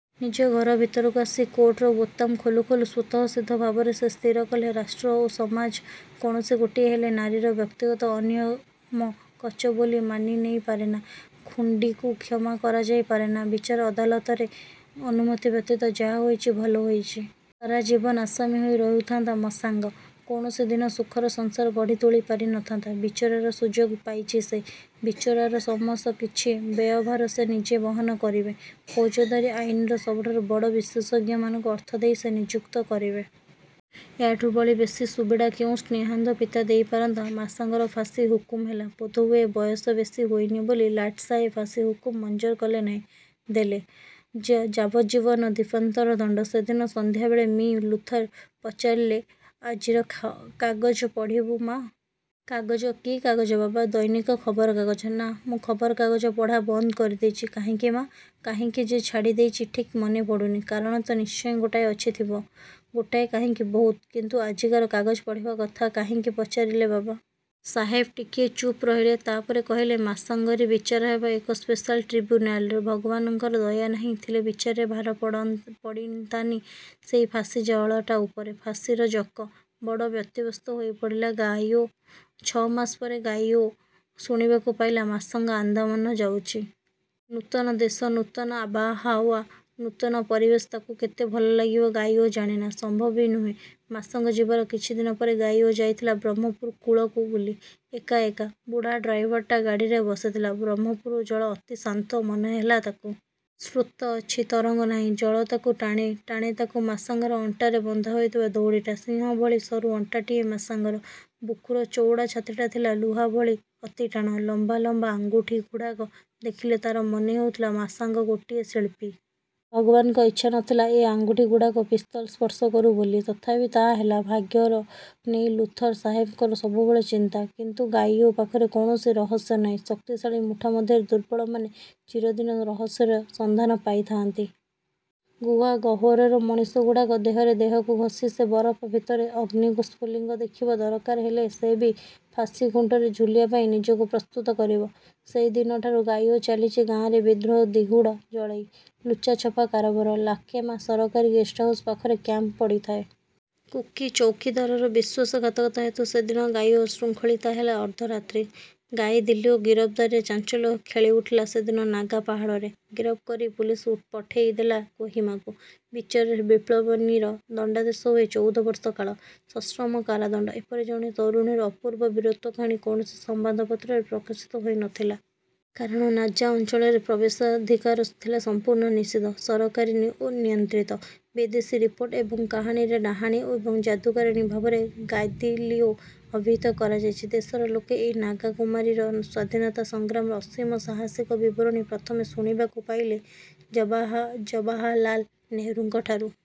ନିଜ ଘର ଭିତରକୁ ଆସି କୋଟର ବୋତାମ ଖୋଲୁ ଖୋଲୁ ସ୍ୱତଃସିଦ୍ଧ ଭାବରେ ସେ ସ୍ଥିର କଲେ-ରାଷ୍ଟ୍ର ଓ ସମାଜ କୌଣସି ଗୋଟିଏ ହେଲେ ନାରୀର ବ୍ୟକ୍ତିଗତ ଅନିୟମକଚ ବୋଲି ମାନି ନେଇ ପାରେନା। ଖୁଣ୍ଡୀକୁ କ୍ଷମା କରାଯାଇପାରେନା ବିଚାର ଅଦାଲତାରେ ଅନୁମତି ବ୍ୟତୀତ। ଯାହା ହୋଇଛି ଭଲ ହୋଇଛି। ସାରାଜୀବନ ଆସାମୀ ହୋଇ ରହୁଥାନ୍ତ ମଶାଙ୍ଗ। କୌଣସି ଦିନ ସୁଖର ସଂସାର ଗଢି ତୋଳି ପାରି ନ ଥାଆନ୍ତା। ବିଚାରର ସୁଯୋଗ ପାଇଚି ସେ। ବିଚାରର ସମସ୍ତ କିଛି ବ୍ୟୟଭାର ସେ ନିଜେ ବହନ କରିବେ। ଫୌଜଦାରୀ ଆଇନର ସବୁଠାରୁ ବଡ଼ ବିଶେଷଜ୍ଞମାନଙ୍କୁ ଅର୍ଥ ଦେଇ ସେ ନିଯୁକ୍ତ କରିବେ। ଏହାଠୁ ବଳି ବେଶି ସୁବିଡ଼ା କେଉଁ ସ୍ନେହାନ୍ଧ ପିତା ଦେଇପାରନ୍ତା? ମାଶାଙ୍ଗର ଫାଶି ହୁକୁମ ହେଲା। ବୋଧହୁଏ ବୟସ ବେଶି ହୋଇନି ବୋଲି ଲାଟସାହେବ ଫାଶି ହୁକୁମ ମଞ୍ଜର କଲେ ନାହିଁ। ଦେଲେ। ଜା ଯାବଜ୍ଜୀବନ ଦ୍ୱୀପାନ୍ତର ଦଣ୍ଡ। ସେଦିନ ସନ୍ଧ୍ୟାବେଳେ ମି ଲୁଥର ପଚାରିଲେ-ଆଜିର ଖା କାଗଜ ପଢିବୁ ମା? –କାଗଜ, କି କାଗଜ ବାବା? –ଦୈନିକ ଖବର କାଗଜ। –ନା, ମୁଁ ଖବର କାଗଜ ପଢା ବନ୍ଦ କରିଦେଇଛି। –କାହିଁକି ମା? –କାହିଁକି ଯେ ଛାଡ଼ି ଦେଇଛି ଠିକ୍ ମନେ ପଡ଼ୁନି। –କାରଣ ତ ନିଶ୍ଚୟ ଗୋଟାଏ ଅଛି ଥିବ! –ଗୋଟାଏ କାହିଁକି ବହୁତ। କିନ୍ତୁ ଆଜିକାର କାଗଜ ପଢ଼ିବା କଥା କାହିଁକି ପଚାରିଲେ ବାବା। ସାହେବ ଟିକିଏ ଚୁପ ରହିଲେ; ତାପରେ କହିଲେ-ମାଶାଙ୍ଗରୀ ବିଚାର ହେବ ଏକ ସ୍ପେଶାଲ ଟ୍ରିବ୍ୟୁନାଲରେ। ଭଗବାନଙ୍କର ଦୟା ନାହିଁ, ଥିଲେ ବିଚାରେ ଭାର ପଡ଼ନ ପଡ଼ିନନ୍ତାନି ସେଇ ଫାଶି ଜଳଟା ଉପରେ। ''ଫାଶିର ଜକ? '' ବଡ଼ ବ୍ୟତିବ୍ୟସ୍ତ ହୋଇପଡ଼ିଲା ଗାଇଓ। ଛଅ ମାସ ପରେ ଗାଇଓ ଶୁଣିବାକୁ ପାଇଲା–ମାଶାଙ୍ଗ ଆନ୍ଦାମାନ ଯାଉଛି। ନୂତନ ଦେଶ, ନୂତନ ଆବହାୱା, ନୂତନ ପରିବେଶ, ତାକୁ କେତେ ଭଲ ଲାଗିବ ଗାଇଓ ଜାଣେନା। ସମ୍ଭବ ବି ନୁହେଁ। ମାଶଙ୍ଗ ଯିବାର କିଛିଦିନ ପରେ ଗାଇଓ ଯାଇଥିଲା ବ୍ରହ୍ମପୁର କୂଳକୁ ବୁଲି। ଏକା ଏକା-। ବୁଢା ଡ଼୍ରାଇଭରଟା ଗାଡ଼ିରେ ବସିଥିଲା। ବ୍ରହ୍ମପୁରୁ ଜଳ ଅତି ଶାନ୍ତ ମନେହେଲା ତାକୁ। ସ୍ରୋତ ଅଛି, ତରଙ୍ଗ ନାହିଁ। ଜଳ ତାକୁ ଟାଣେ, ଟାଣେ ତାକୁ ମାଶାଙ୍ଗର ଅଣ୍ଟାରେ ବନ୍ଧା ହୋଇଥିବା ଦଉଡ଼ିଟା। ସିଂହ ଭଳି ସରୁ ଅଣ୍ଟାଟିଏ ମାଶାଙ୍ଗର। ବୁକୁର ଚଉଟା ଛାତିଟା ଥିଲା ଲୁହା ଭଳି ଅତି ଟାଣ। ଲମ୍ୱା ଲମ୍ୱା ଆଙ୍ଗୁଠିଘୁଡ଼ାକ ଦେଖିଲେ ତାର ମନେ ହେଉଥିଲା ମାଶାଙ୍ଗ ଗୋଟିଏ ଶିଳ୍ପୀ। ଭଗବାନଙ୍କ ଇଚ୍ଛା ନ ଥିଲା ଏ ଆଙ୍ଗୁଠିଗୁଡ଼ାକ ପିସ୍ତଲ ସ୍ପର୍ଶ କରୁ ବୋଲି। ତଥାପି ତା ହେଲା। ଭାଗ୍ୟର ନେଇ ଲୁଥର ସାହେବଙ୍କର ସବୁବେଳେ ଚିନ୍ତା; କିନ୍ତୁ ଗାଇଓ ପାଖରେ କୌଣସି ରହସ୍ୟ ନାହିଁ। ଶକ୍ତିଶାଳୀ ମୁଠା ମଧ୍ୟରେ ଦୁର୍ବଳମାନେ ଚିରଦିନ ରହସ୍ୟର ସନ୍ଧାନ ପାଇଥାଆନ୍ତି। ଗୁହା ଗହ୍ୱରର ମଣିଷଗୁଡ଼ାକ ଦେହରେ ଦେହକୁ ଘଷି ସେ ବରଫ ଭିତରେ ଅଗ୍ନିକୁ ସ୍ଫୁଲିଙ୍ଗ ଦେଖିବ-ଦରକାର ହେଲେ ସେ ବି ଫାଶିଖୁଣ୍ଟରେ ଝୁଲିବା ପାଇଁ ନିଜକୁ ପ୍ରସ୍ତୁତ କରିବ। ସେଇଦିନଠାରୁ ଗାଇଓ ଚାଲିଚି ଗାଁରେ ବିଦ୍ରୋହ ଦିହୁଡ଼ ଜଳେଇ। ଲୁଚା ଛପା କାରବାର। ଲାକେମା ସରକାରୀ ଗେଷ୍ଟହାଉସ ପାଖରେ କ୍ୟାମ୍ପ ପଡ଼ିଥାଏ। କୁକୀ ଚୌକୀଦାରର ବିଶ୍ୱାସଘାତକତା ହେତୁ ସେଦିନ ଗାଇଓ ଶୃଙ୍ଖଳିତା ହେଲା ଅର୍ଦ୍ଧରାତ୍ରି। ଗାଇଦିଲିଓ ଗିରଫଦାରିରେ ଚାଞ୍ଚଲ୍ୟ ଖେଳିଉଠିଲା ସେଦିନ ନାଗା ପାହାଡ଼ରେ। ଗିରଫ କରି ପୁଲିସ ଉ ପଠେଇ ଦେଲା କୋହିମାକୁ। ବିଚାରରେ ବିପ୍ଳବନୀର ଦଣ୍ଡାଦେଶ ହୁଏ ଚଉଦ ବର୍ଷ କାଳ। ସଶ୍ରମ କାରାଦଣ୍ଡ। ଏପରି ଜଣେ ତରୁଣୀର ଅପୂର୍ବ ବୀରତ୍ୱ କାହାଣୀ କୌଣସି ସମ୍ୱାଦପତ୍ରରେ ପ୍ରକାଶିତ ହୋଇ ନଥିଲା। କାରଣ ନାଜା ଅଞ୍ଚଳରେ ପ୍ରବେଶାଧିକାର ଥିଲା ସମ୍ପୂର୍ଣ୍ଣ ନିଷିଦ୍ଧ ସରକାରୀ ନି ଓ ନିୟନ୍ତ୍ରିତ। ବିଦେଶୀ ରିପୋର୍ଟ ଏବଂ କାହାଣୀରେ ଡାହାଣୀ ଏବଂ ଯାଦୁକାରିଣୀ ଭାବରେ ଗାଦିଲିଓ ଅଭିହିତ କରାଯାଇଚି। ଦେଶର ଲୋକେ ଏଇ ନାଗା କୁମାରୀର ସ୍ୱାଧୀନତା-ସଂଗ୍ରାମର ଅସୀମ ସାହାସିକ ବିବରଣୀ ପ୍ରଥମେ ଶୁଣିବାକୁ ପାଇଲେ ଜବାହା ଜବାହାରଲାଲ ନେହେରୁଙ୍କଠାରୁ।